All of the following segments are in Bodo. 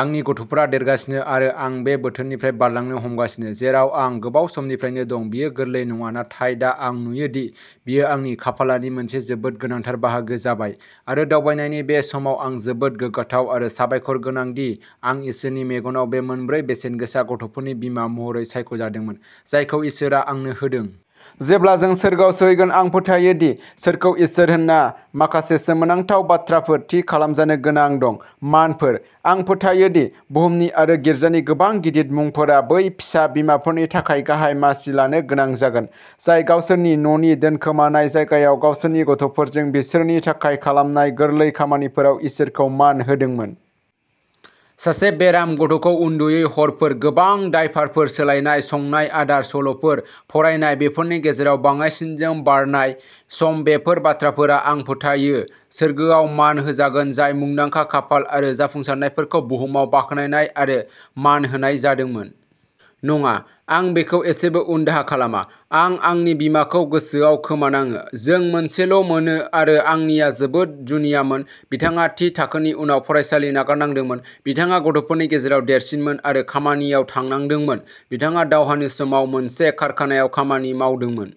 आंनि गथ'फोरा देरगासिनो आरो आं बे बोथोरनिफ्राय बारलांनो हमगासिनो, जेराव आं गोबाव समनिफ्रायनो दं। बेयो गोरलै नङा। नाथाय दा आं नुयो दि बेयो आंनि खाफालानि मोनसे जोबोद गोनांथार बाहागो जाबाय। आरो दावबायनायनि बे समाव, आं जोबोद गोग्गाथाव आरो साबायखरगोनां दि आं इसोरनि मेगनआव बे मोनब्रै बेसेनगोसा गथ'फोरनि बिमा महरै सायख'जादोंमोन, जायखौ इसोरआ आंनो होदों। जेब्ला जों सोरगोआव सौहैगोन, आं फोथायो दि सोरखौ इसोर होनना माखासे सोमोनांथाव बाथ्राफोर थि खालामजानो गोनां दं। मानफोर। आं फोथायो दि बुहुमनि आरो गिर्जानि गोबां गिदिर मुंफोरा बै फिसा बिमाफोरनि थाखाय गाहाय मासि लानो गोनां जागोन, जाय गावसोरनि न'नि दोनखोमानाय जायगायाव, गावसोरनि गथ'फोरजों, बिसोरनि थाखाय खालामनाय गोरलै खामानिफोराव इसोरखौ मान होदोंमोन। सासे बेराम गथ'खौ उन्दुयै हरफोर, गोबां डायपारफोर सोलायनाय, संनाय आदार, सल'फोर फरायनाय, बेफोरनि गेजेराव बाङाइसिनजों बारनाय समबेफोर बाथ्राफोरा, आं फोथायो, सोरगोआव मान होजागोन, जाय मुंदांखा, खाफाल आरो जाफुंसारनायफोरखौ बुहुमाव बाख्नायनाय आरो मान होनाय जादोंमोन। नङा। आं बेखौ एसेबो उनदाहा खालामा। आं आंनि बिमाखौ गोसोआव खोमानाङो! जों मोनसेल'मोनो, आरो आंनिआ जोबोद जुनियामोन। बिथाङा थि थाखोनि उनाव फरायसालि नागारनांदोंमोन, बिथाङा गथ'फोरनि गेजेराव देरसिनमोन आरो खामानियाव थांनांदोंमोन। बिथाङा दावहानि समाव मोनसे कारखानायाव खामानि मावदोंमोन।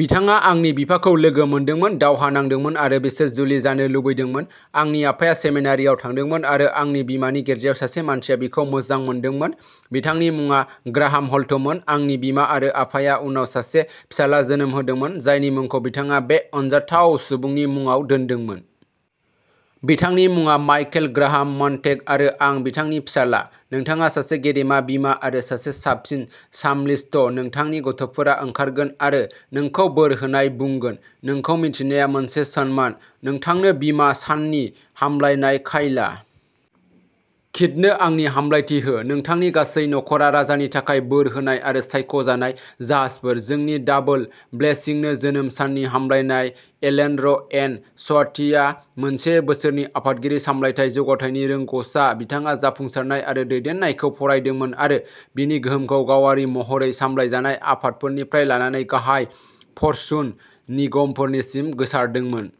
बिथाङा आंनि बिफाखौ लोगो मोनदोंमोन। दावहा नांदोंमोन आरो बिसोर जुलि जानो लुबैदोंमोन। आंनि आफाया सेमिनारिआव थांदोंमोन, आरो आंनि बिमानि गिर्जायाव सासे मानसिया बिखौ मोजां मोनदोंमोन। बिथांनि मुङा ग्राहाम हल्टमोन। आंनि बिमा आरो आफाया उनाव सासे फिसाज्ला जोनोम होदोंमोन, जायनि मुंखौ बिथाङा बे अनजाथाव सुबुंनि मुङाव दोनदोंमोन। बिथांनि मुङा माइकेल ग्राहाम मन्टेग आरो आं बिथांनि फिसाज्ला। नोंथाङा सासे गेदेमा बिमा आरो सासे साबसिन साल्मिस्ट। नोंथांनि गथ'फोरा ओंखारगोन आरो नोंखौ बोर होन्नाय बुंगोन! नोंखौ मिथिनाया मोनसे सनमान! नोंथांनो बिमा साननि हामलायनाय काइला! किथनो आंनि हामलायथि हो! नोंथांनि गासै नख'रा राजानि थाखाय बोर होनाय आरो सायख'जानाय जाहाजफोर! जोंनि डाबल ब्लेसिंनो जोनोम साननि हामलायनाय! एलेन'र एन स्वीटआ मोनसे बोसोरनि आफादारि सामलायथाय जौगाथायनि रोंग'सा। बिथाङा जाफुंसारनाय आरो दैदेननायखौ फरायदोंमोन आरो बेनि गोहोमखौ गावारि महरै सामलायजानाय आफादफोरनिफ्राय लानानै गाहाय फर्चुन निगमफोरसिम गोसारदोंमोन।